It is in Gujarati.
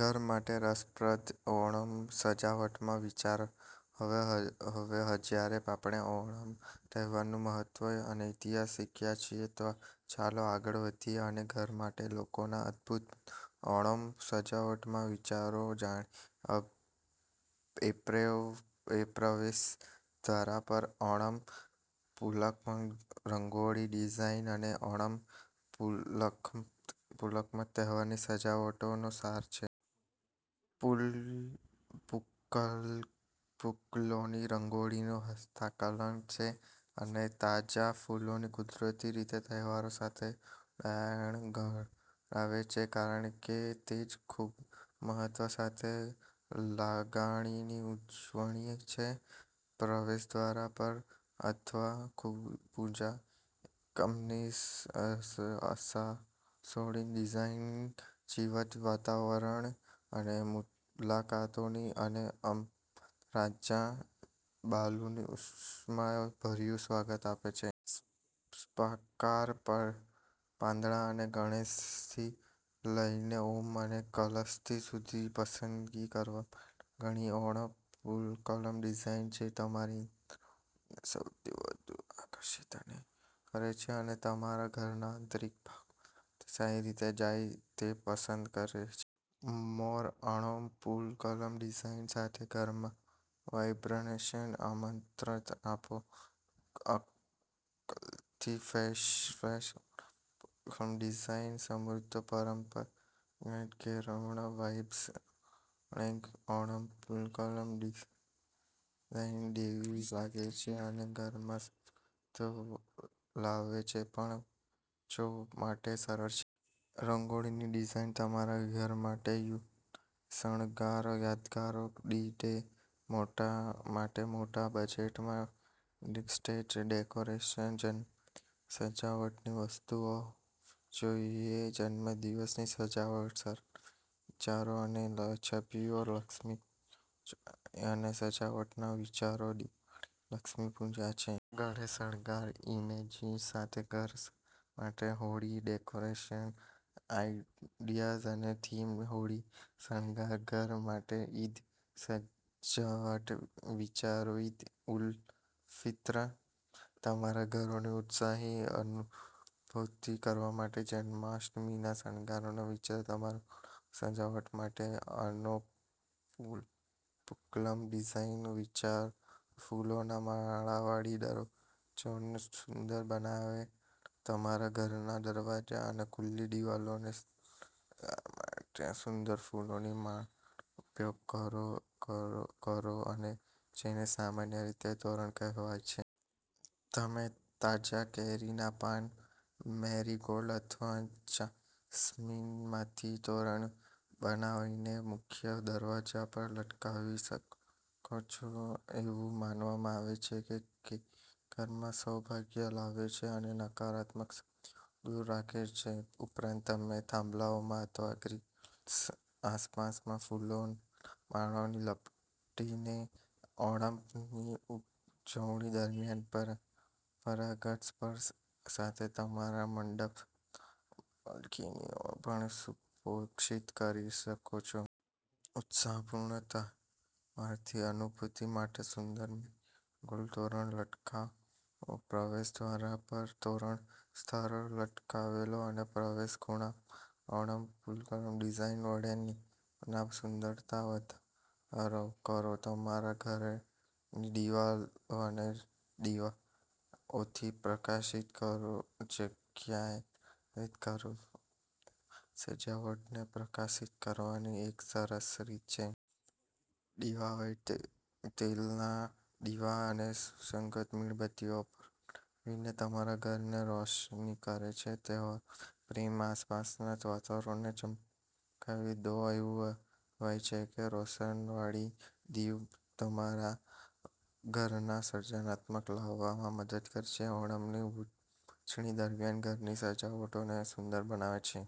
ઘર માટે રસપ્રદ ઓણમ સજાવટના વિચારો હવે જ્યારે આપણે ઓણમ તહેવારનું મહત્વ અને ઈતિહાસ શીખ્યા છીએ, તો ચાલો આગળ વધીએ અને ઘર માટેના કેટલાક અદ્ભુત ઓણમ સજાવટના વિચારો જાણીએપ્રવેશદ્વાર પર ઓણમ પૂકલમ રંગોળી ડિઝાઇન કરો ઓણમ પૂકલમતહેવારની સજાવટનો સાર છે. પુકલમફૂલોની રંગોળીની હસ્તકલા છેઅને તાજા ફૂલો કુદરતી રીતે તહેવાર સાથે જોડાણ ધરાવે છે કારણ કે તે ખૂબ મહત્વ સાથે લણણીની ઉજવણી છે. પ્રવેશદ્વાર પર અથવા પૂજા એકમની આસપાસરંગોળી ડિઝાઇન જીવંત વાતાવરણ અને મુલાકાતીઓ અને અલબત્ત, રાજા બાલીનું ઉષ્માભર્યું સ્વાગત આપે છે. સર્પાકાર, પાંદડા અને ગણેશથી લઈનેઓમ અને કથકલી સુધી, પસંદગી કરવા માટે ઘણી ઓણમ પૂકલમ ડિઝાઇન છે. તમારી ઇન્દ્રિયોને સૌથી વધુ આકર્ષિત કરે અને તમારા ઘરના આંતરિક ભાગો સાથે સારી રીતે જાય તે પસંદ કરો. મોર ઓણમ પૂકલમ ડિઝાઇન સાથે ઘરના વાઇબ્રન્સને આમંત્રણ આપો કથકલી ફેસ ઓણમ પૂકલમ ડિઝાઇન સમૃદ્ધ, પરંપરાગત કેરળના વાઇબ્સ ગણેશ ઓણમ પૂકલમ ડિઝાઇન દૈવી લાગે છે અને ઘરમાં સમૃદ્ધિ લાવે છે પણ વાંચોમાટે સરળ રંગોળી ડિઝાઇન તમારા ઘર માટે યુગાદી શણગાર, યાદગાર ડી ડે માટે ઓછા બજેટમાં વેડિંગ સ્ટેજ ડેકોરેશન, જન્મદિવસની સજાવટની વસ્તુઓ હોવીજોઈએજન્મદિવસની સજાવટના સરળ વિચારો અને છબીઓ, લક્ષ્મી પૂજા ઉજવણી અને સજાવટના વિચારોદિવાળી લક્ષ્મી પૂજા ઘરે શણગાર, ઈમેજીસ સાથે ઘર માટે હોળી ડેકોરેશન આઈડિયાઝઅને થીમ હોળી શણગાર, ઘર માટે ઈદ સજાવટના વિચારોઈદ ઉલ ફિત્ર, તમારા ઘરને ઉત્સવની અનુભૂતિ કરાવવા માટે જન્માષ્ટમીના શણગારના વિચારો, તમારી ઓણમ સજાવટ માટે ઓનમ પૂકલમ ડિઝાઇન વિચારો, ફૂલોના માળાથી દરવાજાને સુંદર બનાવો તમારા ઘરના દરવાજા અને ખુલ્લી દિવાલોને શણગારવા માટે સુંદર ફૂલોની માળાનો ઉપયોગ કરો, જેને સામાન્ય રીતે તોરણ કહેવાય છે. તમે તાજા કેરીના પાન, મેરીગોલ્ડ અથવા જાસ્મીનમાંથી તોરણ બનાવીને મુખ્ય દરવાજા પર લટકાવી શકો છો. એવું માનવામાં આવે છે કેઘરમાં સૌભાગ્ય લાવે છે અને નકારાત્મક શક્તિઓને દૂર રાખે છે. ઉપરાંત, તમે થાંભલાઓ અથવા ગ્રિલ્સની આસપાસ ફૂલોના માળા લપેટીને ઓણમની ઉજવણી દરમિયાન પરંપરાગત સ્પર્શ સાથે તમારા મંડપ અથવા બાલ્કનીઓને પણ સુશોભિત કરી શકો છો. ઉત્સાહપૂર્ણ તહેવારની અનુભૂતિ માટે સુંદર મેરીગોલ્ડ તોરણો લટકાવો પ્રવેશ દ્વાર પર તોરણના સ્તરો લટકાવો અને પ્રવેશ ખૂણા પર ઓણમ પૂકલમ ડિઝાઇન વડે તેમની સુંદરતામાં વધારો કરો તમારા ઘરને દીવાઓ અને દીવાઓથી પ્રકાશિત કરો જગ્યાને પ્રકાશિત કરવીઓણમની સજાવટને પ્રકાશિત કરવાની એક સરસ રીત છે. દીવાઓ, તેલના દીવા અને સુગંધિત મીણબત્તીઓ પ્રગટાવીને તમારા ઘરને રોશની કરો અને તહેવારોના પ્રેમમાં આસપાસના વાતાવરણને ચમકવા દો. એવું કહેવાય છે કે રોશનીવાળા દીવા તમારા ઘરમાં સકારાત્મકતા લાવવામાં મદદ કરે છે. ઓણમની ઉજવણી દરમિયાન ઘરની સજાવટને સુંદર બનાવવા